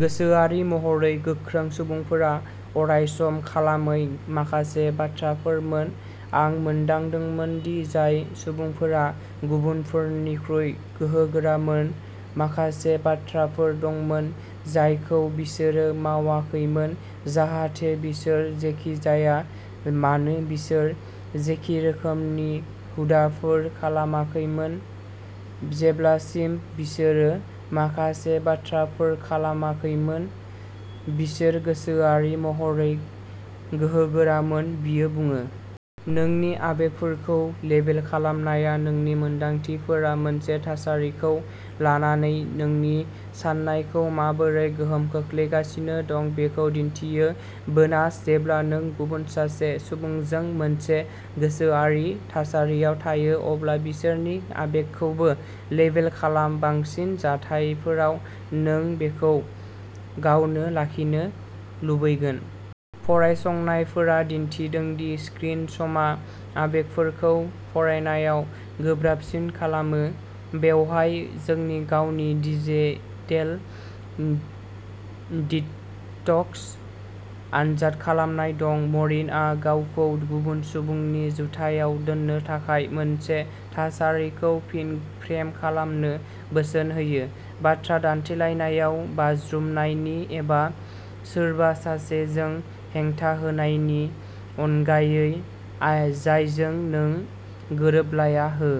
गोसोआरि महरै गोख्रों सुबुंफोरा अरायसम खालामै माखासे बाथ्राफोरमोन। "आं मोनदांदोंमोन दि जाय सुबुंफोरा गुबुनफोरनिख्रुइ गोहोगोरामोन, माखासे बाथ्राफोर दंमोन जायखौ बिसोरो मावाखैमोन, जाहाथे बिसोर जेखि जाया मानो बिसोर जेखि रोखोमनि हुदाफोर खालामाखैमोन, जेब्लासिम बिसोरो माखासे बाथ्राफोर खालामाखैमोन, बिसोर गोसोआरि महरै गोहोगोरामोन", बियो बुङो। नोंनि आबेगफोरखौ लेबेल खालामनाया नोंनि मोनदांथिफोरा मोनसे थासारिखौ लानानै नोंनि साननायखौ माबोरै गोहोम खोख्लैगासिनो दं बेखौ दिन्थियो। बोनासः जेब्ला नों गुबुन सासे सुबुंजों मोनसे गोसोआरि थासारियाव थायो, अब्ला बिसोरनि आबेगखौबो लेबेल खालाम। बांसिन जाथायफोराव, नों बेखौ गावनो लाखिनो लुबैगोन। फरायसंनायफोरा दिन्थिदों दि स्क्रिन समा आबेगफोरखौ फरायनायाव गोब्राबसिन खालामो। बेवहाय जोंनि गावनि डिजिटेल डिटक्स आनजाद खालामनाय दं। मरिनआ गावखौ गुबुन सुबुंनि जुथायाव दोननो थाखाय मोनसे थासारिखौ फिन फ्रेम खालामनो बोसोन होयो। "बाथ्रा दान्थेलायनायाव बाज्रुमनायनि एबा सोरबा सासेजों हेंथा होनायनि अनगायै जायजों नों गोरोबलाया हो।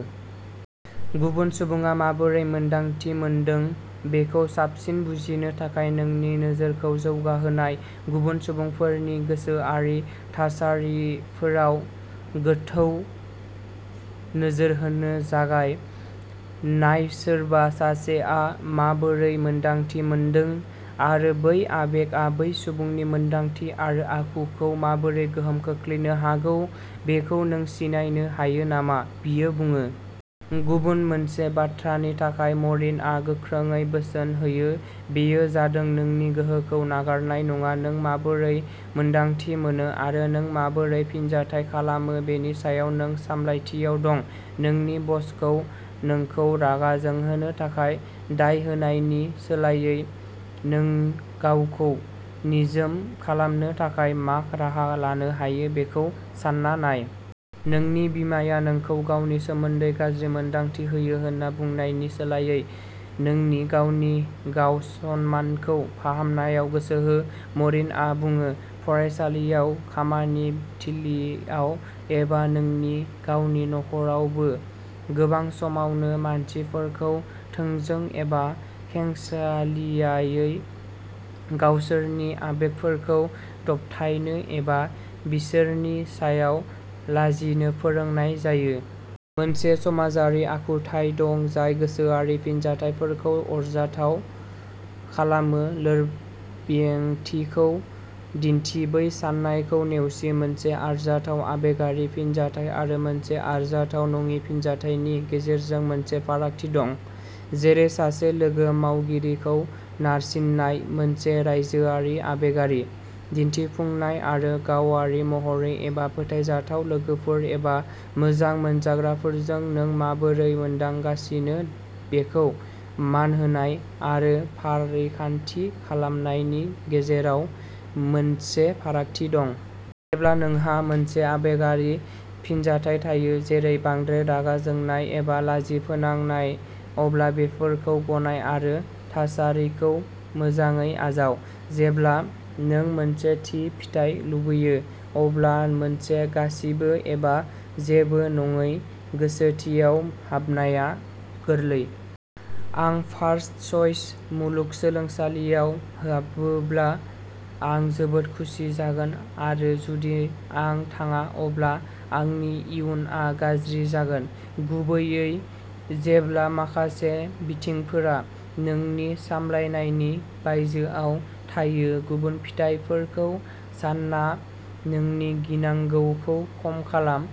गुबुन सुबुङा माबोरै मोन्दांथि मोनदों बेखौ साबसिन बुजिनो थाखाय नोंनि नोजोरखौ जौगाहोनाय। "गुबुन सुबुंफोरनि गोसोआरि थासारिफोराव गोथौ नोजोर होनो जागाय। नाय सोरबा सासेआ माबोरै मोन्दांथि मोनदों आरो बै आबेगआ बै सुबुंनि मोनदांथि आरो आखुखौ माबोरै गोहोम खोख्लैनो हागौ बेखौ नों सिनायनो हायो नामा", बियो बुङो। गुबुन मोनसे बाथ्रानि थाखाय मरिनआ गोख्रोङै बोसोन होयो, बेयो जादों नोंनि गोहोखौ नागारनाय नङा। नों माबोरै मोन्दांथि मोनो आरो नों माबोरै फिनजाथाय खालामो बेनि सायाव नों सामलायथियाव दं। "नोंनि बसखौ नोंखौ रागा जोंहोनो थाखाय दाय होनायनि सोलायै, नों गावखौ निजोम खालामनो थाखाय मा राहा लानो हायो बेखौ सान्ना नाय। नोंनि बिमाया नोंखौ गावनि सोमोन्दै गाज्रि मोन्दांथि होयो होन्ना बुंनायनि सोलायै, नोंनि गावनि गाव-सनमानखौ फाहामनायाव गोसो हो", मरिनआ बुङो। फरायसालियाव खामानि थिलिआव एबा नोंनि गावनि नख'रावबो, गोबां समावनो मानसिफोरखौ थोंजों एबा खेंसालियायै गावसोरनि आबेगफोरखौ दबथायनो एबा बिसोरनि सायाव लाजिनो फोरोंनाय जायो। मोनसे समाजारि आखुथाय दं जाय गोसोआरि फिनजाथायफोरखौ आरजाथाव खालामो। लोरबांथिखौ दिन्थि। बै साननायखौ नेवसि। मोनसे आरजाथाव आबेगारि फिनजाथाय आरो मोनसे आरजाथाव नङि फिनजाथायनि गेजेराव मोनसे फारागथि दं, जेरै सासे लोगो मावगिरिखौ नारसिन्नाय। मोनसे रायजोआरि आबेगारि दिन्थिफुंनाय आरो गावारि महरै एबा फोथायजाथाव लोगोफोर एबा मोजां मोनजाग्राफोरजों नों माबोरै मोनदांगासिनो बेखौ मान होनाय आरो फारिखान्थि खालामनायनि गेजेराव मोनसे फारागथि दं। जेब्ला नोंहा मोनसे आबेगारि फिनजाथाय थायो, जेरै बांद्राय रागा जोंनाय एबा लाजि फोनांनाय, अब्ला बेफोरखौ गनाय आरो थासारिखौ मोजाङै आजाव। जेब्ला नों मोनसे थि फिथाय लुबैयो, अब्ला मोनसे गासिबो एबा जेबो नङै गोसोथियाव हाबनाया गोरलै। आं फार्स्टचइस मुलुगसोलोंसालियाव हाबोब्ला आं जोबोद खुसि जागोन आरो जुदि आं थाङा अब्ला आंनि इयुनआ गाज्रि जागोन। गुबैयै जेब्ला माखासे बिथिंफोरा नोंनि सामलायनायनि बायजोआव थायो, गुबुन फिथायफोरखौ सानना नोंनि गिनांगौखौ खम खालाम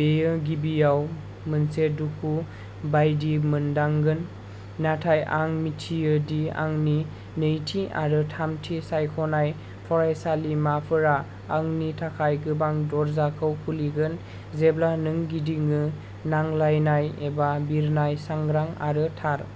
बेयो गिबियाव मोनसे दुखु बायदि मोनदांगोन, नाथाय आं मिथियो दि आंनि नैथि आरो थामथि सायख'नाय फरायसालिमाफोरा आंनि थाखाय गोबां दरजाखौ खुलिगोन। जेब्ला नों गिदिङो, नांलायनाय एबा बिरनाय सांग्रां आरो थार।